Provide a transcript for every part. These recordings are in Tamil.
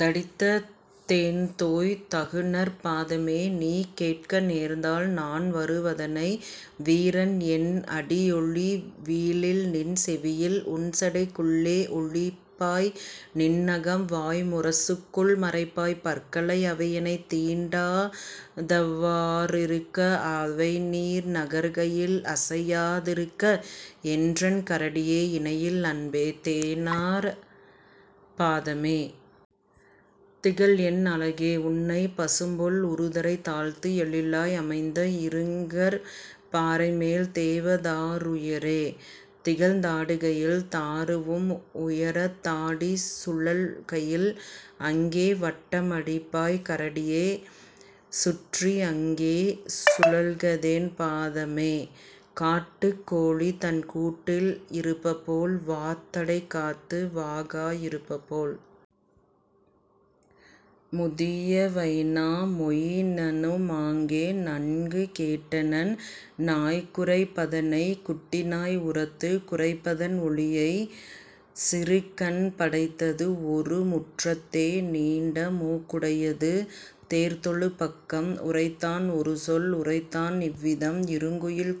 தடித்த தேன்தோய் தகுநற் பாதமே! நீகேட்க நேர்ந்தால் நான்வரு வதனை வீரன்என் அடியொலி வீழில்நின் செவியில் உன்சடைக் குள்ளே ஒளிப்பாய் நின்நகம் வாய்முர சுக்குள் மறைப்பாய் பற்களை அவையெனைத் தீண்டா தவ்வா றிருக்க அவைநீ நகர்கையில் அசையா திருக்க! என்றன் கரடியே, இணையில் அன்பே! தேனார் பாதமே. திகழ்என் அழகே! உன்னைப் பசும்புல் உறுதரைத் தாழ்த்து எழிலாய் அமைந்த இருங்கற் பாறைமேல் தேவதா ருயரே திகழ்ந் தாடுகையில் தாருவும் உயரத் தாடிச் சுழல்கையில்; அங்கே வட்ட மடிப்பாய் கரடியே, சுற்றி அங்கே சுழல்கதேன் பாதமே, காட்டுக் கோழிதன் கூட்டில் இருப்பபோல் வாத்தடை காத்து வாகா யிருப்பபோல். " முதிய வைனா மொயினனு மாங்கே நன்கு கேட்டனன் நாய்குரைப் பதனை குட்டிநாய் உரத்துக் குரைப்பதன் ஒலியை சிறுகண் படைத்தது ஒருமுற் றத்தே நீண்டமூக் குடையது நேர்த்தொழுப் பக்கம் உரைத்தான் ஒருசொல் உரைத்தான் இவ்விதம்: "இருங்குயில்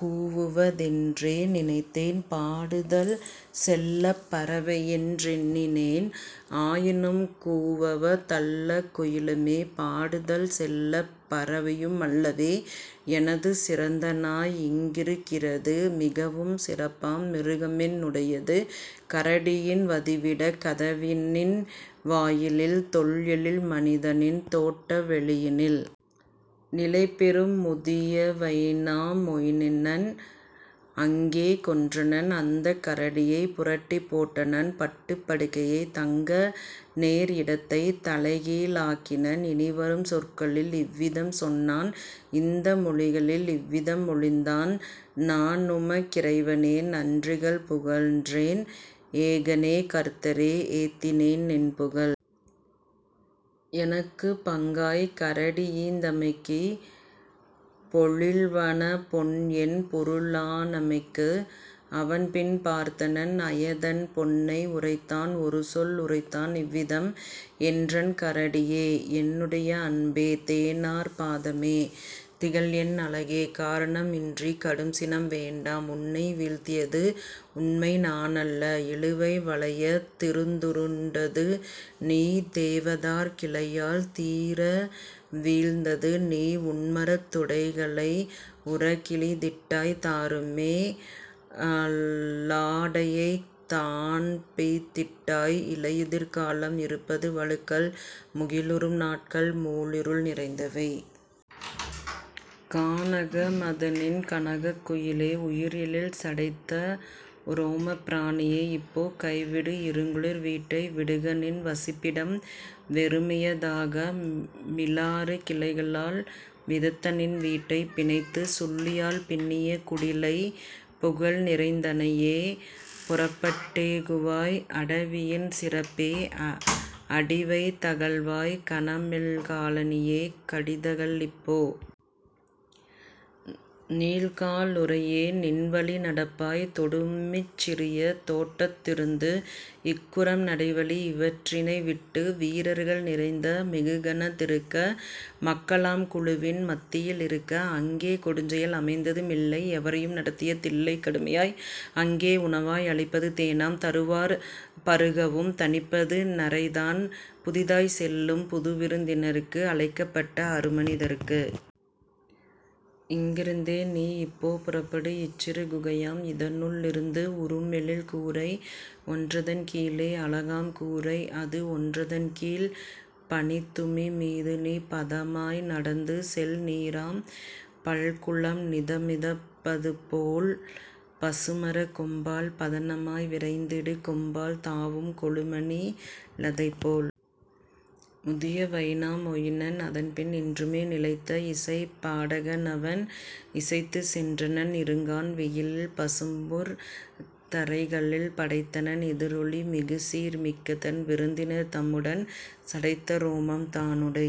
கூவுவ தென்றே நினைத்தேன் பாடுதல் செல்லப் பறவையென் றெண்ணினேன் ஆயினும் கூவுவ தல்லக் குயிலுமே பாடுதல் செல்லப் பறவையு மல்லவே; எனது சிறந்தநாய் இங்கிருக் கிறது மிகவும் சிறப்பாம் மிருகமென் னுடையது கரடியின் வதிவிடக் கதவினின் வாயிலில் தொல்எழில் மனிதனின் தோட்ட வெளியினில். " நிலைபெறும் முதிய வைனா மொயினன் அங்கே கொன்றனன் அந்தக் கரடியை புரட்டிப் போட்டனன் பட்டுப் படுக்கையை தங்கநேர் இடத்தைத் தலைக்கீ ழாக்கினன் இனிவரும் சொற்களில் இவ்விதம் சொன்னான் இந்த மொழிகளில் இவ்விதம் மொழிந்தான்: "நான்உமக் கிறைவனே, நன்றிகள் புகன்றேன்! ஏகனே, கர்த்தரே, ஏத்தினேன் நின்புகழ்! எனக்குப் பங்காய்க் கரடிஈந் தமைக்கு பொழில்வனப் பொன்என் பொருளா னமைக்கு! " அவன்பின் பார்த்தனன் அயதன் பொன்னை உரைத்தான் ஒருசொல் உரைத்தான் இவ்விதம்: "என்றன் கரடியே, என்னுடை அன்பே! தேனார் பாதமே, திகழ்என் அழகே! காரண மின்றிக் கடுஞ்சினம் வேண்டாம் உன்னைவீழ்த் தியது உண்மைநா னல்ல இழுவை வளையத் திருந்துருண் டதுநீ தேவதார்க் கிளையால் தீரவீழ்ந் ததுநீ உன்மரத் துடைகளை உறக்கிழித் திட்டாய் தாருமே லாடையைத் தான்பிய்த் திட்டாய்; இலையுதிர் காலம் இருப்பது வழுக்கல் முகிலுறும் நாட்கள் மூள்இருள் நிறைந்தவை. கானக மதனின் கனகக் குயிலே! உயர்எழில் சடைத்த உரோமப் பிராணியே! இப்போ கைவிடு இருங்குளிர் வீட்டை விடுகநின் வசிப்பிடம் வெறுமைய தாக மிலாறுக் கிளைகளால் விதித்தநின் வீட்டை பிணைத்துச் சுள்ளியால் பின்னிய குடிலை; புகழ்நிறைந் தனையே, புறப்பட் டேகுவாய்! அடவியின் சிறப்பே, அடிவைத் தகல்வாய்! கனமில்கா லணியே, கடிதகல் இப்போ! நீல்க்கா லுறையே, நின்வழி நடப்பாய்! தொடுமிச் சிறிய தோட்டத் திருந்து இக்குறும் நடைவழி இவற்றினை விட்டு வீரர்கள் நிறைந்த மிகுகணத் திருக்க, மக்களாம் குழுவின் மத்தியில் இருக்க. அங்கே கொடுஞ்செயல் அமைந்தது மில்லை எவரையும் நடத்திய தில்லைக் கடுமையாய்: அங்கே உணவாய் அளிப்பது தேனாம் தருவார் பருகவும் தனிப்புது நறைதான் புதிதாய்ச் செல்லும் புதுவிருந் தினர்க்கு அழைக்கப்பட்ட அருமனி தர்க்கு! இங்கிருந் தேநீ இப்போ புறப்படு இச்சிறு குகையாம் இதனுள் ளிருந்து உறும்எழிற் கூரை ஒன்றதன் கீழே அழகாம் கூரை அதுஒன் றதன்கீழ்; பனித்துமி மீதுநீ பதமாய் நடந்துசெல் நீராம் பல்குளம் நிதமிதப் பதுபோல், பசுமரக் கொம்பால் பதனமாய் விரைந்திடு கொம்பால் தாவும் கொழுமணி லதைப்போல். " முதிய வைனா மொயினன் அதன்பின் என்றுமே நிலைத்த இசைப்பா டகனவன் இசைத்துச் சென்றனன் இருங்கான் வெளியில் பசும்புற் றரைகளில் படைத்தனன் எதிரொலி மிகுசீர் மிக்கதன் விருந்தினர் தம்முடன் சடைத்த உரோமம் தானுடை